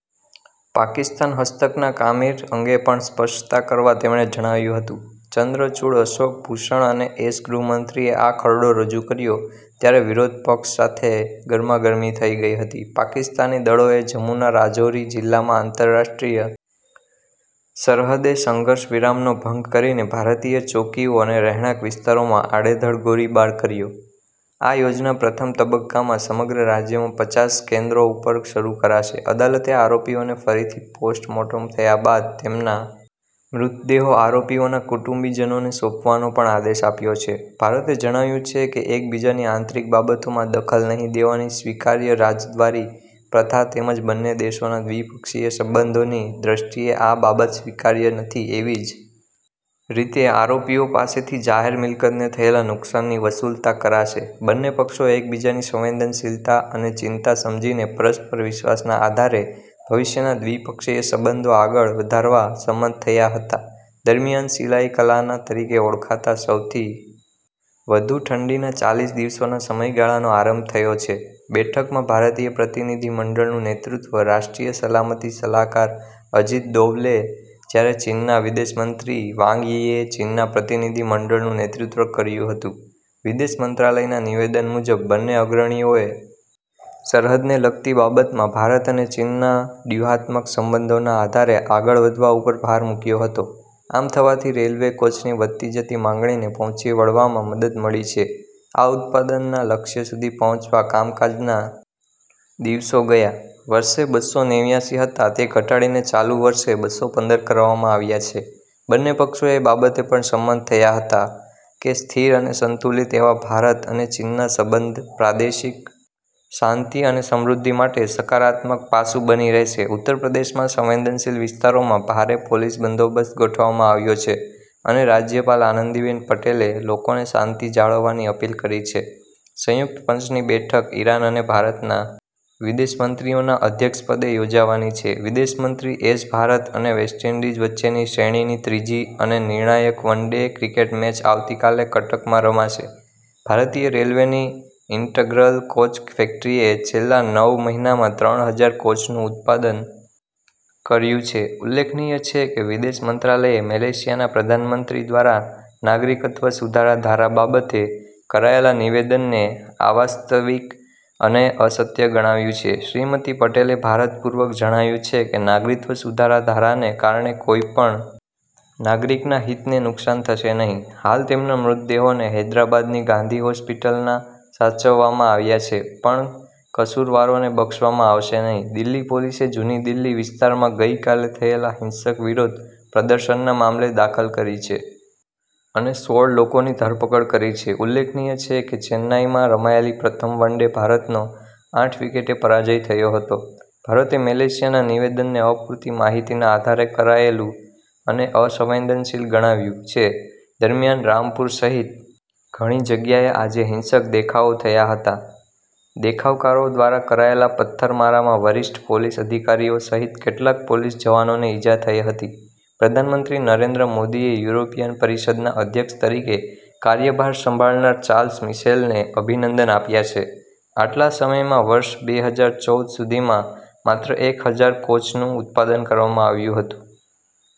પાકિસ્તાન હસ્તકના કામીર અંગે પણ સ્પષ્ટતા કરવા તેમણે જણાવ્યું હતું ચંદ્રચુડ અશોક ભૂષણ અને એસ ગૃહમંત્રીએ આ ખરડો રજૂ કર્યો ત્યારે વિરોધપક્ષ સાથે ગરમાગરમી થઇ ગઇ હતી પાકિસ્તાની દળોએ જમુના રાજૌરી જિલ્લામાં આંતરરાષ્ટ્રીય સરહદે સંઘર્ષ વિરામનો ભંગ કરીને ભારતીય ચોકીઓ અને રહેણાંક વિસ્તારોમાં આડેધડ ગોળીબાર કર્યો છે આ યોજના પ્રથમ તબક્કામાં સમગ્ર રાજ્યમાં પચાસ કેન્દ્રો ઉપર શરૂ કરાશે અદાલતે આરોપીઓને ફરીથી પોસ્ટ મોર્ટમ થયા બાદ તેમના મૃતદેહો આરોપીઓના કુટુંબીજનોને સોંપવાનો પણ આદેશ આપ્યો છે ભારતે જણાવ્યું છે કે એકબીજાની આંતરિક બાબતોમાં દખલ નહીં દેવાની સ્વીકાર્ય રાજદ્વારી પ્રથા તેમજ બંને દેશોના દ્વિપક્ષીય સંબંધોની દ્રષ્ટિએ આ બાબત સ્વીકાર્ય નથી એવી જ રીતે આરોપીઓ પાસેથી જાહેર મિલકતને થયેલા નુકસાનની વસૂલાત કરાશે બંને પક્ષો એકબીજાની સંવેદનશીલતા અને ચિંતા સમજીને પરસ્પર વિશ્વાસના આધારે ભવિષ્યના દ્વિપક્ષીય સંબંધો આગળ વધારવા સંમત થયા હતા દરમ્યાન સિલાઇ કલાન તરીકે ઓળખાતા સૌથી વધુ ઠંડીના ચાલીસ દિવસોના સમયગાળાનો આરંભ થયો છે બેઠકમાં ભારતીય પ્રતિનિધિમંડળનું નેતૃત્વ રાષ્ટ્રીય સલામતી સલાહકાર અજીત દોવલે જ્યારે ચીનના વિદેશમંત્રી વાંગ યીએ ચીનના પ્રતિનિધિમંડળનું નેતૃત્વ કર્યું હતું વિદેશ મંત્રાલયના નિવેદન મુજબ બંને અગ્રણીઓએ સરહદને લગતી બાબતમાં ભારત અને ચીનના ડ્યૂહાત્મક સંબંધોના આધારે આગળ વધવા ઉપર ભાર મૂક્યો હતો આમ થવાથી રેલવે કોચની વધતી જતી માંગણીને પહોંચી વળવામાં મદદ મળી છે આ ઉત્પાદનના લક્ષ્ય સુધી પહોંચવા કામકાજના દિવસો ગયા વર્ષે બસ્સો નેવ્યાસી હતા તે ઘટાડીને ચાલુ વર્ષે બસ્સો પંદર કરવામાં આવ્યા છે બંને પક્ષો એ બાબતે પણ સંમત થયા હતા કે સ્થિર અને સંતુલિત એવા ભારત અને ચીનના સંબંધ પ્રાદેશિક શાંતિ અને સમૃદ્ધિ માટે સકારાત્મક પાસુ બની રહેશે ઉત્તરપ્રદેશમાં સંવેદનશીલ વિસ્તારોમાં ભારે પોલીસ બંદોબસ્ત ગોઠવવામાં આવ્યો છે અને રાજ્યપાલ આનંદીબેન પટેલે લોકોને શાંતિ જાળવવાની અપીલ કરી છે સંયુક્ત પંચની બેઠક ઇરાન અને ભારતના વિદેશમંત્રીઓના અધ્યક્ષપદે યોજાવાની છે વિદેશમંત્રી એસ ભારત અને વેસ્ટઇન્ડિઝ વચ્ચેની શ્રેણીની ત્રીજી અને નિર્ણાયક વન ડે ક્રિકેટ મેચ આવતીકાલે કટકમાં રમાશે ભારતીય રેલવેની ઇન્ટગ્રલ કોચ ફેક્ટરીએ છેલ્લા નવ મહિનામાં ત્રણ હજાર કોચનું ઉત્પાદન કર્યું છે ઉલ્લેખનીય છે કે વિદેશ મંત્રાલયે મલેશિયાના પ્રધાનમંત્રી દ્વારા નાગરિકત્વ સુધારા ધારા બાબતે કરાયેલા નિવેદનને અવાસ્તવિક અને અસત્ય ગણાવ્યું છે શ્રીમતી પટેલે ભારપૂર્વક જણાવ્યું છે કે નાગરિકત્વ સુધારા ધારાને કારણે કોઇ પણ નાગરિકના હિતને નુકસાન થશે નહીં હાલ તેમના મૃતદેહોને હૈદરાબાદની ગાંધી હોસ્પિટલના સાચવવામાં આવ્યા છે પણ કસૂરવારોને બક્ષવામાં આવશે નહીં દિલ્હી પોલીસે જુની દિલ્હી વિસ્તારમાં ગઇકાલે થયેલા હિંસક વિરોધ પ્રદર્શનના મામલે દાખલ કરી છે અને સોળ લોકોની ધરપકડ કરી છે ઉલ્લેખનીય છે કે ચેન્નાઇમાં રમાયેલી પ્રથમ વનડેમાં ભારતનો આઠ વિકેટે પરાજય થયો હતો ભારતે મલેશિયાના નિવેદનને અપૂરતી માહિતીના આધારે કરાયેલું અને અસંવેદનશીલ ગણાવ્યું છે દરમ્યાન રામપુર સહિત ઘણી જગ્યાએ આજે હિંસક દેખાવો થયા હતા દેખાવકારો દ્વારા કરાયેલા પથ્થરમારામાં વરિષ્ઠ પોલીસ અધિકારીઓ સહીત કેટલાક પોલીસ જવાનોને ઇજા થઇ હતી પ્રધાનમંત્રી નરેન્દ્ર મોદીએ યુરોપિયન પરિષદના અધ્યક્ષ તરીકે કાર્યભાર સંભાળનાર ચાર્લ્સ મિશેલને અભિનંદન આપ્યા છે આટલા સમયમાં વર્ષ બે હજાર ચૌદ સુધીમાં માત્ર એક હજાર કોચનું ઉત્પાદન કરવામાં આવ્યું હતું।